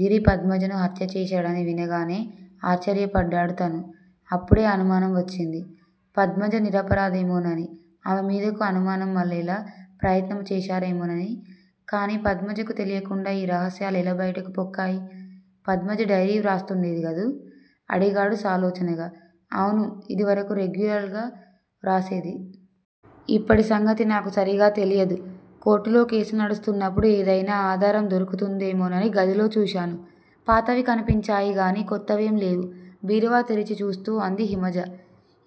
గిరి పద్మజను హత్య చేశాడని వినగానే ఆశ్చర్యపడ్డాడు తను. అప్పుడే అనుమానం వచ్చింది. పద్మజ నిరపరాధేమోనని, ఆమె మీదకు అనుమానం మళ్లేలా ప్రయత్నము చేశారేమోనని కానీ పద్మజకు తెలియకుండా ఈ రహస్యాలెలా బయటకు పొక్కాయి? పద్మజ డైరీ వ్రాస్తుండేది గదూ? అడిగాడు సాలోచనగా. అవును, ఇదివరకు రెగ్యులర్ గా వ్రాసేది. ఇప్పటి సంగతి నాకు సరిగా తెలియదు. కోర్టులో కేసు నడుస్తున్నప్పుడు ఏదయినా ఆధారం దొరుకుతుందేమోనని గదిలో చూశాను. పాతవి కనిపించాయి గాని కొత్తవేం లేవు బీరువా తెరచి చూస్తూ అంది హిమజ.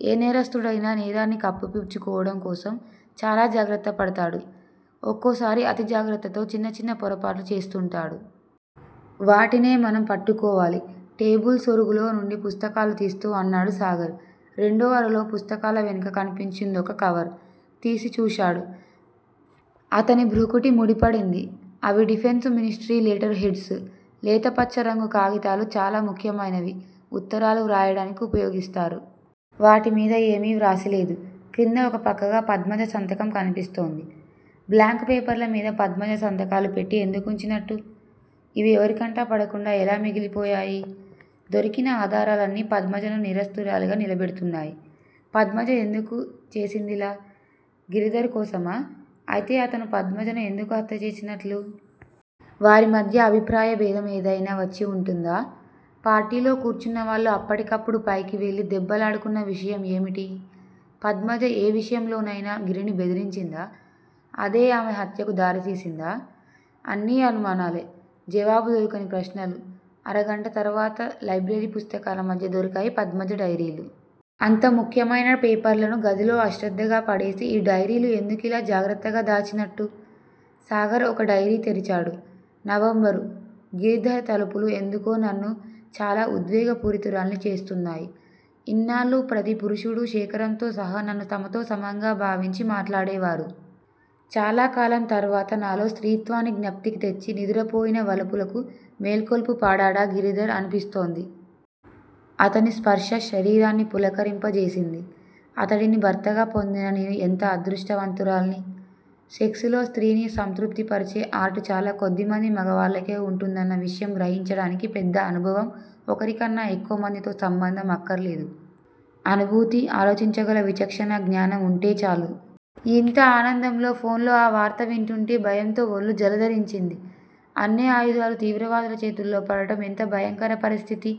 ఏ నేరస్థుడయినా నేరాన్ని కప్పిపుచ్చుకోవడం కోసం చాలా జాగ్రత్తపడతాడు. ఒక్కోసారి అతి జాగ్రత్తతో చిన్న చిన్న పొరపాట్లు చేస్తుంటాడు. వాటినే మనం పట్టుకోవాలి టేబుల్ సొరుగులో నుండి పుస్తకాలు తీస్తూ అన్నాడు సాగర్. రెండో అరలో పుస్తకాల వెనక కనిపించిందొక కవర్. తీసి చూశాడు. అతని భృకుటి ముడిపడింది. అవి డిఫెన్సు మినిస్ట్రీ లెటర్ హెడ్స్. లేతపచ్చరంగు కాగితాలు చాలా ముఖ్యమైనవి ఉత్తరాలు వ్రాయడానికి ఉపయోగిస్తారు. వాటి మీద ఏమీ వ్రాసిలేదు. క్రింద ఒక పక్కగా పద్మజ సంతకం కనిపిస్తోంది. బ్లాంక్ పేపర్లమీద పద్మజ సంతకాలు పెట్టి ఎందుకుంచినట్టు? ఇవి ఎవరికంటాపడకుండా ఎలా మిగిలిపోయాయి? దొరికిన ఆధారాలన్నీ పద్మజను నేరస్తురాలిగా నిలబెడుతున్నాయి. పద్మజ ఎందుకు చేసిందిలా? గిరిధర్ కోసమా? అయితే అతను పద్మజను ఎందుకు హత్యచేసినట్లు? వారి మధ్య అభిప్రాయభేదం ఏదైనా వచ్చి వుంటుందా? పార్టీలో కూర్చున్నవాళ్ళు అప్పటికప్పుడు పైకి వెళ్ళి దెబ్బలాడుకున్న విషయం ఏమిటి? పద్మజ ఏ విషయంలోనయినా గిరిని బెదిరించిందా? అదే ఆమె హత్యకు దారితీసిందా? అన్నీ అనుమానాలే. జవాబు దొరకని ప్రశ్నలు. అరగంట తర్వాత లైబ్రరీ పుస్తకాల మధ్య దొరికాయి పద్మజ డైరీలు. అంత ముఖ్యమైన పేపర్లను గదిలో అశ్రద్దగా పడేసి ఈ డైరీలు ఎందుకిలా జాగ్రత్తగా దాచినట్టు? సాగర్ ఒక డైరీ తెరిచాడు. నవంబరు: గిరిధర్ తలపులు ఎందుకో నన్ను చాలా ఉద్వేగ పూరితురాల్ని చేస్తున్నాయి, ఇన్నాళ్ళూ ప్రతి పురుషుడూ శేఖరంతో సహా నన్ను తమతో సమంగా భావించి మాట్లాడేవారు, చాలాకాలం తర్వాత నాలో స్త్రీత్వాన్ని జ్ఞప్తికి తెచ్చి నిదురపోయిన వలపులకు మేల్కొలుపు పాడాడా గిరిధర్ అనిపిస్తోంది. అతని స్పర్శ శరీరాన్ని పులకింపజేసింది. అతడిని భర్తగా పొందిన నేను ఎంత అదృష్టవంతురాల్ని. సెక్స్ లో స్త్రీని సంతృప్తిపరిచే ఆర్ట్ చాలా కొద్దిమంది మగవాళ్ళకే వుంటుందన్న విషయం గ్రహించడానికి పెద్ద అనుభవం, ఒకరికన్నా ఎక్కువ మందితో సంబంధం అక్కర్లేదు. అనుభూతి, ఆలోచించగల విచక్షణా జ్ఞానం వుంటే చాలు. ఇంత ఆనందంలో ఫోన్లో ఆ వార్త వింటుంటే భయంతో ఒళ్ళు జలదరించింది. అన్ని ఆయుధాలు తీవ్రవాదుల చేతుల్లో పడడం ఎంత భయంకర పరిస్థితి!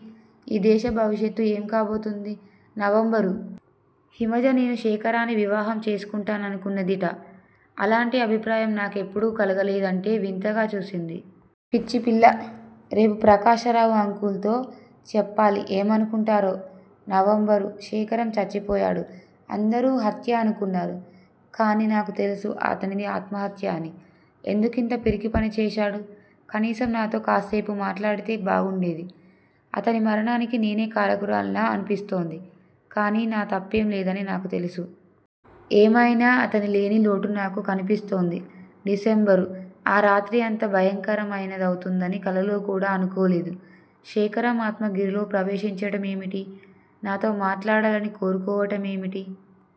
ఈ దేశ భవిష్యత్తు ఏం కాబోతుంది? నవంబరు: హిమజ నేను శేఖరాన్ని వివాహం చేసుకుంటాననుకున్నదిట. అలాంటి అభిప్రాయం నాకెప్పుడూ కలగలేదంటే వింతగా చూసింది. పిచ్చిపిల్ల. రేపు ప్రకాశరావు అంకుల్ తో చెప్పాలి. ఏమనుకుంటారో? నవంబరు: శేఖరం చచ్చిపోయాడు. అందరూ హత్య అనుకున్నారు. కాని నాకు తెలుసు అతనిది ఆత్మహత్య అని. ఎందుకింత పిరికిపని చేశాడు? కనీసం నాతో కాస్సేపు మాట్లాడితే బాగుండేది. అతని మరణానికి నేనె కారకురాలినా అనిపిస్తోంది. కాని నా తప్పేం లేదని నాకు తెలుసు. ఏమయినా అతని లేని లోటు నాకు కనిపిస్తోంది. డిసెంబరు: ఆ రాత్రి అంత భయంకరమైనదవుతుందని కలలో కూడా అనుకోలేదు. శేఖరం ఆత్మ గిరిలో ప్రవేశించటమేమిటి? నాతో మాట్లాడాలని కోరుకోవటమేమిటి?